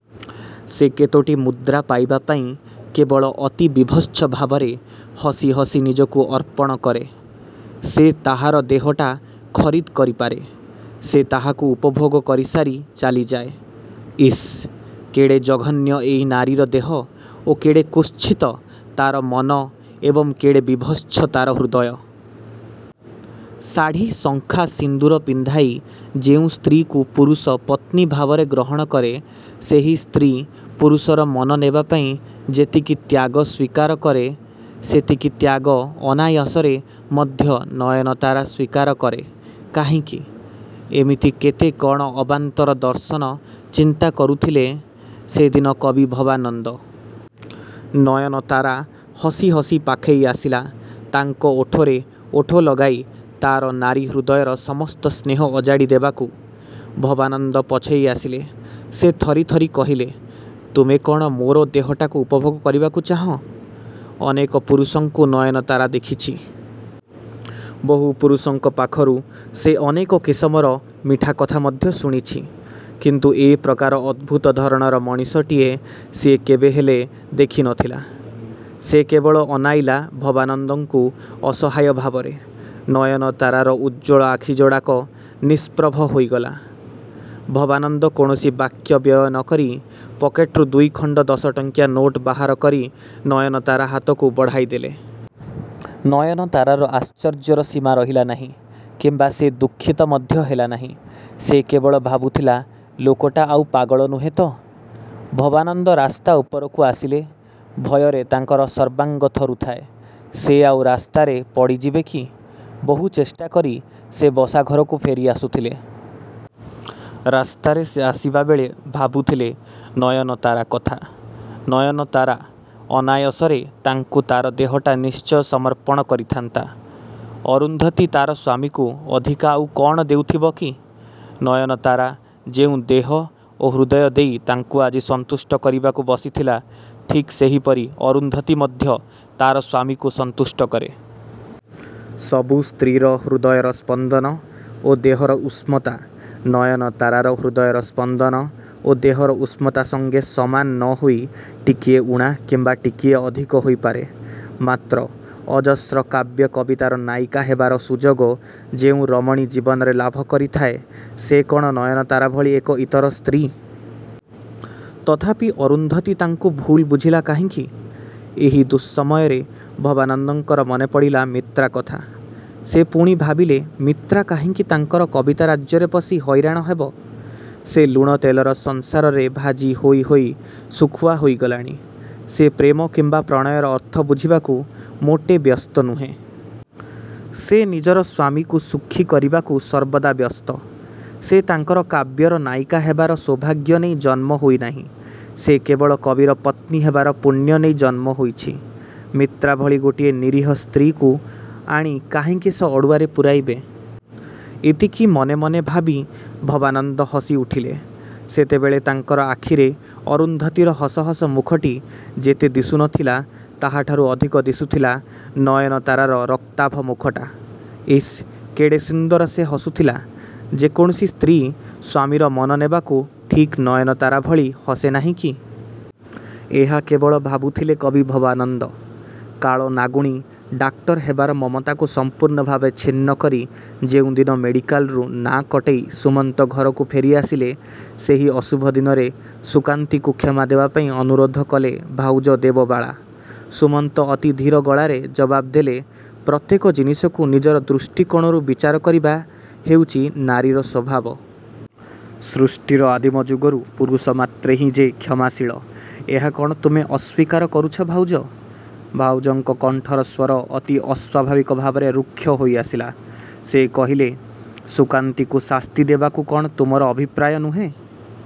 ସେ କେତୋଟି ମୁଦ୍ରା ପାଇବା ପାଇଁ କେବଳ ଅତି ବିଭତ୍ସ ଭାବରେ ହସି ହସି ନିଜକୁ ଅର୍ପଣ କରେ। ସେ ତାହାର ଦେହଟା ଖରିଦ୍ କରିପାରେ, ସେ ତାହାକୁ ଉପଭୋଗ କରିସାରି ଚାଲିଯାଏ। ଇସ୍ କେଡ଼େ ଜଘନ୍ୟ ଏହି ନାରୀର ଦେହ ଓ କେଡ଼େ କୁତ୍ସିତ ତା'ର ମନ ଏବଂ କେଡ଼େ ବିଭତ୍ସ ତା'ର ହୃଦୟ? ଶାଢ଼ି, ଶଙ୍ଖା, ସିନ୍ଦୂର ପିନ୍ଧାଇ ଯେଉଁ ସ୍ତ୍ରୀକୁ ପୁରୁଷ ପତ୍ନୀଭାବରେ ଗ୍ରହଣ କରେ, ସେହି ସ୍ତ୍ରୀ ପୁରୁଷର ମନ ନେବାପାଇଁ ଯେତିକି ତ୍ୟାଗ ସ୍ୱୀକାର କରେ, ସେତିକି ତ୍ୟାଗ ଅନାୟାସରେ ମଧ୍ୟ ନୟନତାରା ସ୍ଵୀକାର କରେ କାହିଁକି? ଏମିତି କେତେ କ'ଣ ଅବାନ୍ତର ଦର୍ଶନ ଚିନ୍ତାକରୁଥିଲେ ସେଦିନ କବି ଭବାନନ୍ଦ। ନୟନତାରା ହସିହସି ପାଖେଇ ଆସିଲା ତାଙ୍କ ଓଠରେ ଓଠ ଲଗାଇ ତା'ର ନାରୀ ହୃଦୟର ସମସ୍ତ ସ୍ନେହ ଅଜାଡ଼ି ଦେବାକୁ। ଭବାନନ୍ଦ ପଛେଇ ଆସିଲେ। ସେ ଥରି ଥରି କହିଲେ, ''ତୁମେ କ'ଣ ମୋର ଦେହଟାକୁ ଉପଭୋଗ କରିବାକୁ ଚାହଁ? '' ଅନେକ ପୁରୁଷଙ୍କୁ ନୟନତାରା ଦେଖିଛି। ବହୁ ପୁରୁଷଙ୍କ ପାଖରୁ ସେ ଅନେକ କିସମର ମିଠାକଥା ମଧ୍ୟ ଶୁଣିଛି, କିନ୍ତୁ ଏ ପ୍ରକାର ଅଦ୍ଭୁତ ଧରଣର ମଣିଷଟିଏ ସେ କେବେହେଲେ ଦେଖିନଥିଲା। ସେ କେବଳ ଅନାଇଲା ଭବାନନ୍ଦଙ୍କୁ ଅସହାୟ ଭାବରେ। ନୟନତାରାର ଉଜ୍ଜ୍ୱଳ ଆଖିଯୋଡ଼ାକ ନିଷ୍ପ୍ରଭ ହୋଇଗଲା। ଭବାନନ୍ଦ କୌଣସି ବାକ୍ୟ ବ୍ୟୟ ନ କରି ପକେଟରୁ ଦୁଇଖଣ୍ଡ ଦଶଟଙ୍କିଆ ନୋଟ ବାହାରକରି ନୟନତାରା ହାତକୁ ବଢ଼ାଇଦେଲେ। ନୟନତାରାର ଆଶ୍ଚର୍ଯ୍ୟର ସୀମା ରହିଲା ନାହିଁ କିମ୍ବା ସେ ଦୁଃଖିତ ମଧ୍ୟ ହେଲା ନାହିଁ। ସେ କେବଳ ଭାବୁଥିଲା ଲୋକଟା ଆଉ ପାଗଳ ନୁହେଁ ତ-? ଭବାନନ୍ଦ ରାସ୍ତା ଉପରକୁ ଆସିଲେ। ଭୟରେ ତାଙ୍କର ସର୍ବାଙ୍ଗ ଥରୁଥାଏ। ସେ ଆଉ ରାସ୍ତାରେ ପଡ଼ିଯିବେ କି? ବହୁ ଚେଷ୍ଟାକରି ସେ ବସାଘରକୁ ଫେରି ଆସୁଥିଲେ। ରାସ୍ତାରେ ସେ ଆସିବାବେଳେ ଭାବୁଥିଲେ ନୟନତାରା କଥା। ନୟନତାରା ଅନାୟସରେ ତାଙ୍କୁ ତା'ର ଦେହଟା ନିଶ୍ଚୟ ସମର୍ପଣ କରିଥାନ୍ତା। ଅରୁନ୍ଧୁତୀ ତା'ର ସ୍ୱାମୀକୁ ଅଧିକା କ'ଣ ଆଉ ଦେଉଥିବ କି? ନୟନତାରା ଯେଉଁ ଦେହ ଓ ହୃଦୟ ଦେଇ ତାଙ୍କୁ ଆଜି ସନ୍ତୁଷ୍ଟ କରିବାକୁ ବସିଥିଲା, ଠିକ୍ ସେହିପରି ଅରୁନ୍ଧୁତୀ ମଧ୍ୟ ତା'ର ସ୍ୱାମୀକୁ ସନ୍ତୁଷ୍ଟ କରେ। ସବୁ ସ୍ତ୍ରୀର ହୃଦୟର ସ୍ପନ୍ଦନ ଓ ଦେହର ଉଷ୍ମତା ନୟନତାରାର ହୃଦୟର ସ୍ପନ୍ଦନ ଓ ଦେହର ଉଷ୍ମତା ସଙ୍ଗେ ସମାନ ନ ହୋଇ ଟିକିଏ ଊଣା କିମ୍ବା ଟିକିଏ ଅଧିକ ହୋଇପାରେ। ମାତ୍ର ଅଜସ୍ର କାବ୍ୟ କବିତାର ନାୟିକା ହେବାର ସୁଯୋଗ ଯେଉଁ ରମଣୀ ଜୀବନରେ ଲାଭ କରିଥାଏ ସେ କ'ଣ ନୟନତାରା ଭଳି ଏକ ଇତର ସ୍ତ୍ରୀ? ତଥାପି ଅରୁନ୍ଧୁତୀ ତାଙ୍କୁ ଭୁଲ ବୁଝିଲା କାହିଁକି? ଏହି ଦୁଃସମୟରେ ଭବାନନ୍ଦଙ୍କର ମନେପଡ଼ିଲା ମିତ୍ରାକଥା। ସେ ପୁଣି ଭାବିଲେ ମିତ୍ରା କାହିଁକି ତାଙ୍କର କବିତା ରାଜ୍ୟରେ ପଶି ହଇରାଣ ହେବ? ସେ ଲୁଣ ତେଲର ସଂସାରରେ ଭାଜି ହୋଇ ହୋଇ ଶୁଖୁଆ ହୋଇଗଲାଣି। ସେ ପ୍ରେମ କିମ୍ବା ପ୍ରଣୟର ଅର୍ଥ ବୁଝିବାକୁ ମୋଟେ ବ୍ୟସ୍ତ ନୁହେଁ। ସେ ନିଜର ସ୍ୱାମୀକୁ ସୁଖୀ କରିବାକୁ ସର୍ବଦା ବ୍ୟସ୍ତ। ସେ ତାଙ୍କର କାବ୍ୟର ନାୟିକା ହେବାର ସୌଭାଗ୍ୟ ନେଇ ଜନ୍ମ ହୋଇନାହିଁ। ସେ କେବଳ କବିର ପତ୍ନୀ ହେବାର ପୁଣ୍ୟ ନେଇ ଜନ୍ମ ହୋଇଛି। ମିତ୍ରା ଭଳି ଗୋଟିଏ ନିରୀହା ସ୍ତ୍ରୀକୁ ଆଣି କାହିଁକି ସେ ଅଡ଼ୁଆରେ ପୂରାଇବେ? ଏତିକି ମନେମନେ ଭାବି ଭବାନନ୍ଦ ହସିଉଠିଲେ। ସେତେବେଳେ ତାଙ୍କର ଆଖିରେ ଅରୁନ୍ଧୁତୀର ହସ ହସ ମୁଖଟି ଯେତେ ଦିଶୁନଥିଲା ତାହାଠାରୁ ଅଧିକ ଦିଶୁଥିଲା ନୟନତାରାର ରକ୍ତାଭ ମୁଖଟା। ଇସ୍ କେଡ଼େ ସୁନ୍ଦର ସେ ହସୁଥିଲା। 'ଯେ କୌଣସି ସ୍ତ୍ରୀ ସ୍ୱାମୀର ମନନେବାକୁ ଠିକ୍ ନୟନତାରା ଭଳି ହସେ ନାହିଁକି? ' ଏହା କେବଳ ଭାବୁଥିଲେ କବି ଭବାନନ୍ଦ। କାଳ ନାଗୁଣୀ ଡାକ୍ତର ହେବାର ମମତାକୁ ସମ୍ପୂର୍ଣ୍ଣଭାବେ ଛିନ୍ନକରି ଯେଉଁଦିନ ମେଡିକାଲରୁ ନାଁ କଟେଇ ସୁମନ୍ତ ଘରକୁ ଫେରିଆସିଲେ ସେହି ଅଶୁଭ ଦିନରେ ସୁକାନ୍ତିକୁ କ୍ଷମା ଦେବାପାଇଁ ଅନୁରୋଧ କଲେ ଭାଉଜ ଦେବବାଳା। ସୁମନ୍ତ ଅତି ଧୀର ଗଳାରେ ଜବାବ୍ ଦେଲେ ''ପ୍ରତ୍ୟେକ ଜିନିଷକୁ ନିଜର ଦୃଷ୍ଟିକୋଣରୁ ବିଚାର କରିବା ହେଉଛି ନାରୀର ସ୍ୱଭାବ। ସୃଷ୍ଟିର ଆଦିମଯୁଗରୁ ପୁରୁଷ ମାତ୍ରେ ହିଁ ଯେ କ୍ଷମାଶୀଳ ଏହା କ'ଣ ତୁମେ ଅସ୍ୱୀକାର କରୁଛ ଭାଉଜ? '' ଭାଉଜଙ୍କ କଣ୍ଠର ସ୍ୱର ଅତି ଅସ୍ୱାଭାବିକ ଭାବରେ ଋକ୍ଷ ହୋଇଆସିଲା। ସେ କହିଲେ, ''ସୁକାନ୍ତୀକୁ ଶାସ୍ତିଦେବାକୁ କ'ଣ ତୁମର ଅଭିପ୍ରାୟ ନୁହେଁ?